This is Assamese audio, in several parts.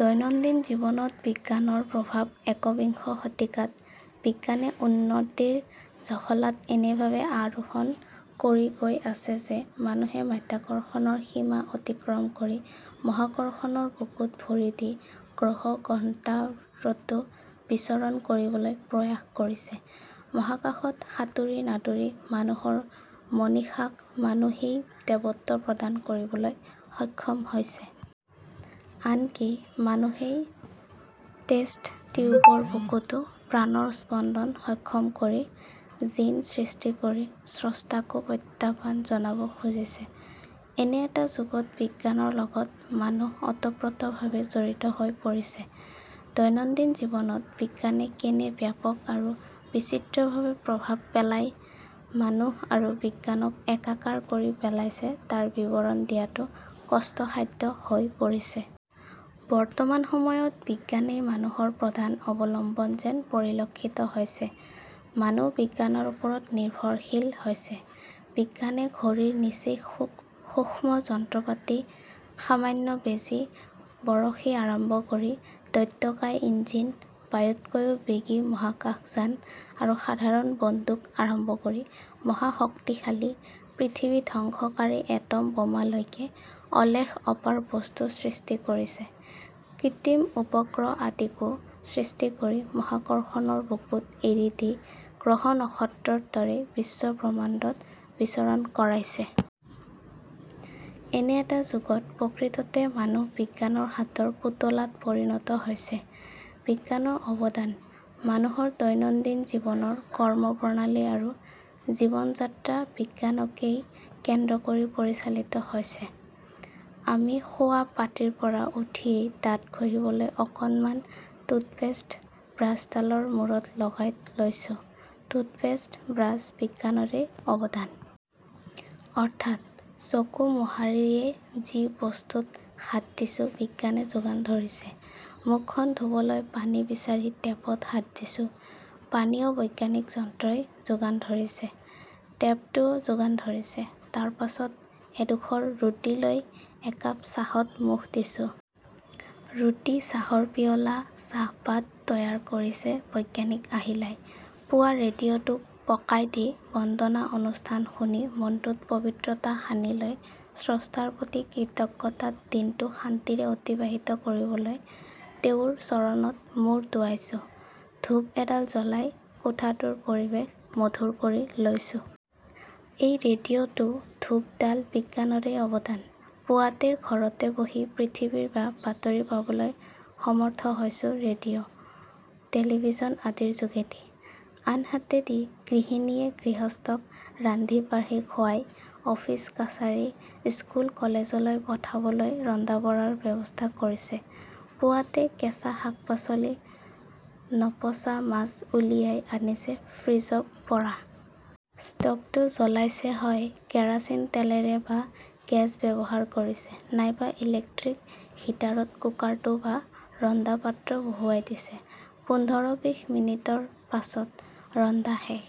দৈনন্দিন জীৱনত বিজ্ঞানৰ প্ৰভাৱ একবিংশ শতিকাত বিজ্ঞানে উন্নতিৰ জখলাত এনেভাবে আৰোহণ কৰি গৈ আছে যে মানুহে মাধ্যাকৰ্ষণৰ সীমা অতিক্ৰম কৰি মহাকৰ্ষণৰ বুকুত ভৰি দি গ্ৰহ-গ্ৰহান্তৰতো বিচৰণ কৰিবলৈ প্ৰয়াস কৰিছে। মহাকাশত সাঁতুৰি-নাদুৰি মানুহৰ মনীষাক মানুহেই দেৱত্ব প্ৰদান কৰিবলৈ সক্ষম হৈছে। আনকি মানুহেই টেষ্ট টিউবৰ বুকুতো প্ৰাণৰ স্পন্দন সক্ষম কৰি, জিন সৃষ্টি কৰি স্ৰষ্টাকো প্ৰত্যাহ্বান জনাব খুজিছে। এনে এটা যুগত বিজ্ঞানৰ লগত মানুহ ওতপ্ৰোতভাৱে জড়িত হৈ পৰিছে। দৈনন্দিন জীৱনত বিজ্ঞানে কেনে ব্যাপক আৰু বিচিত্ৰভাবে প্ৰভাৱ পেলাই মানুহ আৰু বিজ্ঞানক একাকাৰ কৰি পেলাইছে তাৰ বিৱৰণ দিয়াটো কষ্ট-সাধ্য হৈ পৰিছে। বৰ্তমান সময়ত বিজ্ঞানেই মানুহৰ প্ৰধান অৱলম্বন যেন পৰিলক্ষিত হৈছে। মানুহ বিজ্ঞানৰ ওপৰত নিৰ্ভৰশীল হৈছে: বিজ্ঞানে ঘড়ীৰ নিচেই সূক্ষ্ম যন্ত্ৰপাতি, সামান্য বেজী, বৰশী আৰম্ভ কৰি দৈত্যকায় ইঞ্জিন, বায়ুতকৈও বেগী মহাকাশযান আৰু সাধাৰণ বন্দুক আৰম্ভ কৰি মহাশক্তিশালী, পৃথিৱী ধ্বংসকাৰী এটম বোমালৈকে অলেখ অপাৰ বস্তু সৃষ্টি কৰিছে, কৃত্ৰিম উপগ্ৰহ আদিকো সৃষ্টি কৰি মহাকৰ্ষণৰ বুকুত এৰি দি গ্ৰহ-নক্ষত্ৰৰ দৰেই বিশ্বব্ৰহ্মাণ্ডত বিচৰণ কৰাইছে। এনে এটা যুগত প্ৰকৃততে মানুহ বিজ্ঞানৰ হাতৰ পুতলাত পৰিণত হৈছে। বিজ্ঞানৰ অৱদান: মানুহৰ দৈনন্দিন জীৱনৰ কৰ্ম-প্ৰণালী আৰু জীৱন-যাত্ৰা বিজ্ঞানকেই কেন্দ্ৰ কৰি পৰিচালিত হৈছে। আমি শোৱা পাটীৰ পৰা উঠিয়েই দাঁত ঘঁহিবলৈ অকণমান টুথপেষ্ট ব্ৰাছডালৰ মূৰত লগাই লৈছো, টুথপেষ্ট, ব্ৰাছ বিজ্ঞানৰে অৱদান। অৰ্থাৎ চকু মোহাৰিয়ে যি বস্তুত হাত দিছো বিজ্ঞানে যোগান ধৰিছে। মুখখন ধুবলৈ পানী বিচাৰি টেপত হাত দিছোঁ, পানীও বৈজ্ঞানিক যন্ত্ৰই যোগান ধৰিছে; টেপটোও যোগান ধৰিছে, তাৰ পাছত এডোখৰ ৰুটি লৈ একাপ চাহত মুখ দিছো। ৰুটি, চাহৰ পিয়লা, চাহপাত তৈয়াৰ কৰিছে বৈজ্ঞানিক আহিলাই। পুৱা ৰেডিঅ'টো পকাই দি বন্দনা অনুষ্ঠান শুনি মনটোত পবিত্ৰতা সানি লৈ স্ৰষ্টাৰ প্ৰতি কৃতজ্ঞতাত দিনটো শান্তিৰে অতিবাহিত কৰিবলৈ তেওঁৰ চৰণত মুৰ দোৱাইছোঁ, ধূপ এডাল জ্বলাই কোঠাটোৰ পৰিৱেশ মধুৰ কৰি লৈছো। এই ৰেডিঅ টো, ধূপ ডাল বিজ্ঞানৰেই অৱদান। পুৱাতে ঘৰতে বহি পৃথিৱীৰ বা বাতৰি পাবলৈ সমৰ্থ হৈছো ৰেডিঅ', টেলিভিছন আদিৰ যোগেদি। আনহাতে দি গৃহিণীয়ে গৃহস্থক বান্ধি-বাঢ়ি খুবাই অফিচ-কাছাৰী, স্কুল-কলেজলৈ পঠাবলৈ ৰন্ধা বঢ়াৰ ব্যৱস্থা কৰিছে, পুৱাতে কেঁচা শাক-পাচলি, নপচা মাছ উলিয়াই আনিছে ফ্ৰিজব পৰা। স্টোভটো জ্বলাইছে হয় কেৰাচিন তেলেৰে বা গেছ ব্যৱহাৰ কৰিছে- নাইবা ইলেকট্ৰিক হিটাৰত কুকাৰটো বা ৰন্ধা পাত্ৰ বহুৱাই দিছে; পোন্ধৰ-বিশ মিনিটৰ পাছত ৰন্ধা শেষ।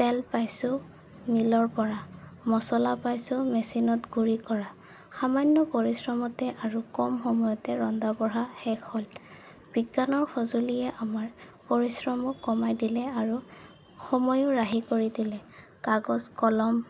তেল পাইছো মিলৰ পৰা, মছলা পাইছো মেচিনত গুৰি কৰা; সামান্য পৰিশ্ৰমতে আৰু কম সময়তে ৰন্ধাবঢ়া শেষ হ'ল; বিজ্ঞানৰ সঁজুলিয়ে আমাৰ পৰিশ্ৰমো কমাই দিলে আৰু সময়ো ৰাহি কৰি দিলে। কাগজ, কলম,